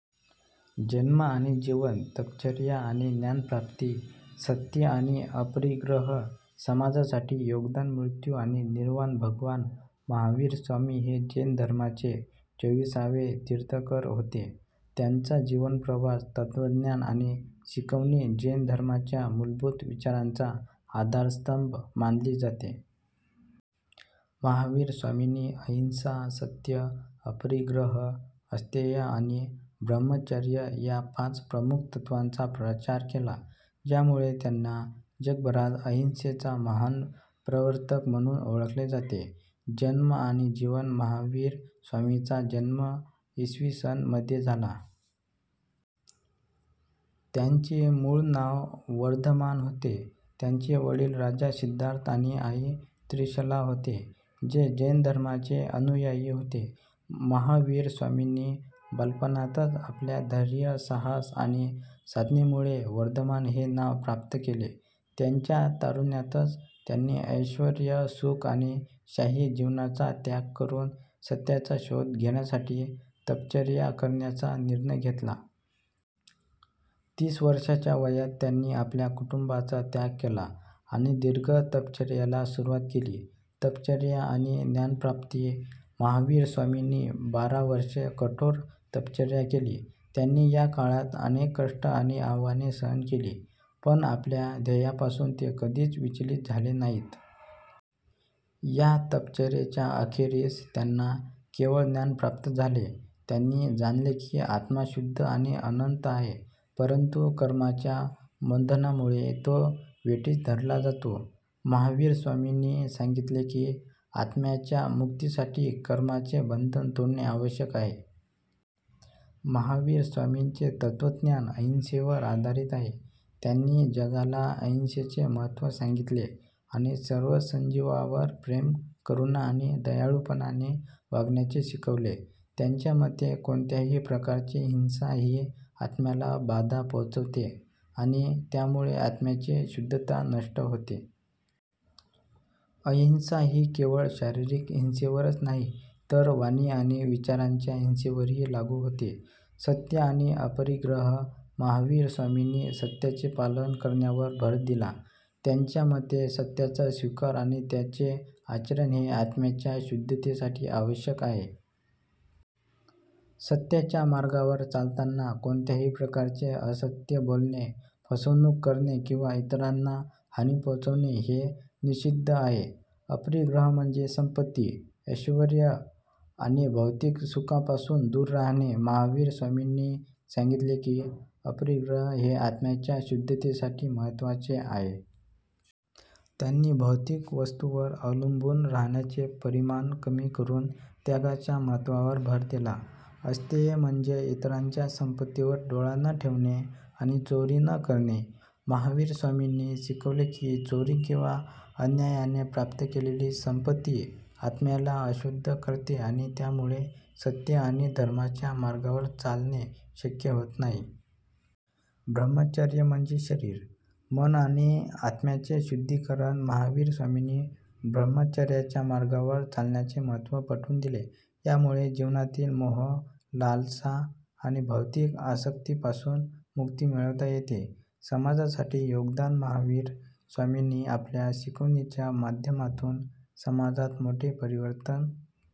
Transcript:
जन्म आणि जीवन तपश्चर्या आणि ज्ञानप्राप्ती सत्य आणि अपरिग्रह समाजासाठी योगदान मृत्यू आणि निर्वाण भगवान महावीर स्वामी हे जैन धर्माचे चोविसावे तीर्थंकर होते. त्यांचा जीवन प्रवास, तत्त्वज्ञान आणि शिकवणी जैन धर्माच्या मूलभूत विचारांचा आधारस्तंभ मानली जाते. महावीर स्वामींनी अहिंसा, सत्य, अपरिग्रह, अस्तेय आणि ब्रह्मचर्य या पाच प्रमुख तत्त्वांचा प्रचार केला, ज्यामुळे त्यांना जगभरात अहिंसेचा महान प्रवर्तक म्हणून ओळखले जाते. जन्म आणि जीवन महावीर स्वामींचा जन्म इ. स. मध्ये झाला. त्यांचे मूळ नाव वर्धमान होते. त्यांचे वडील राजा सिद्धार्थ आणि आई त्रिशला होते, जे जैन धर्माचे अनुयायी होते. महावीर स्वामींनी बालपणातच आपल्या धैर्य, साहस आणि साधनेमुळे वर्धमान हे नाव प्राप्त केले. त्यांच्या तारुण्यातच त्यांनी ऐश्वर्य, सुख आणि शाही जीवनाचा त्याग करून सत्याचा शोध घेण्यासाठी तपश्चर्या करण्याचा निर्णय घेतला. तीस वर्षांच्या वयात त्यांनी आपल्या कुटुंबाचा त्याग केला आणि दीर्घ तपश्चर्येला सुरुवात केली. तपश्चर्या आणि ज्ञानप्राप्ती महावीर स्वामींनी बारा वर्षे कठोर तपश्चर्या केली. त्यांनी या काळात अनेक कष्ट आणि आव्हाने सहन केली, पण आपल्या ध्येयापासून ते कधीच विचलित झाले नाहीत. या तपश्चर्येच्या अखेरीस त्यांना केवळज्ञान प्राप्त झाले. त्यांनी जाणले की आत्मा शुद्ध आणि अनंत आहे, परंतु कर्माच्या बंधनामुळे तो वेठीस धरला जातो. महावीर स्वामींनी सांगितले की, आत्म्याच्या मुक्तीसाठी कर्माचे बंधन तोडणे आवश्यक आहे. महावीर स्वामींचे तत्त्वज्ञान अहिंसेवर आधारित आहे. त्यांनी जगाला अहिंसेचे महत्त्व सांगितले आणि सर्व सजीवांवर प्रेम, करुणा आणि दयाळूपणाने वागण्याचे शिकवले. त्यांच्या मते, कोणत्याही प्रकारची हिंसा ही आत्म्याला बाधा पोहोचवते आणि त्यामुळे आत्म्याची शुद्धता नष्ट होते. अहिंसा ही केवळ शारीरिक हिंसेवरच नाही, तर वाणी आणि विचारांच्या हिंसेवरही लागू होते. सत्य आणि अपरिग्रह महावीर स्वामींनी सत्याचे पालन करण्यावर भर दिला. त्यांच्या मते, सत्याचा स्वीकार आणि त्याचे आचरण हे आत्म्याच्या शुद्धतेसाठी आवश्यक आहे. सत्याच्या मार्गावर चालताना कोणत्याही प्रकारचे असत्य बोलणे, फसवणूक करणे किंवा इतरांना हानी पोहोचवणे हे निषिद्ध आहे. अपरिग्रह म्हणजे संपत्ती, ऐश्वर्य आणि भौतिक सुखांपासून दूर राहणे. महावीर स्वामींनी सांगितले की, अपरिग्रह हे आत्म्याच्या शुद्धतेसाठी महत्त्वाचे आहे. त्यांनी भौतिक वस्तूंवर अवलंबून राहण्याचे परिमाण कमी करून त्यागाच्या महत्त्वावर भर दिला. अस्तेय म्हणजे इतरांच्या संपत्तीवर डोळा न ठेवणे आणि चोरी न करणे. महावीर स्वामींनी शिकवले की, चोरी किंवा अन्यायाने प्राप्त केलेली संपत्ती आत्म्याला अशुद्ध करते आणि त्यामुळे सत्य आणि धर्माच्या मार्गावर चालणे शक्य होत नाही. ब्रह्मचर्य म्हणजे शरीर, मन आणि आत्म्याचे शुद्धीकरण. महावीर स्वामींनी ब्रह्मचर्याच्या मार्गावर चालण्याचे महत्त्व पटवून दिले. यामुळे जीवनातील मोह, लालसा आणि भौतिक आसक्तीपासून मुक्ती मिळवता येते. समाजासाठी योगदान महावीर स्वामींनी आपल्या शिकवणींच्या माध्यमातून समाजात मोठे परिवर्तन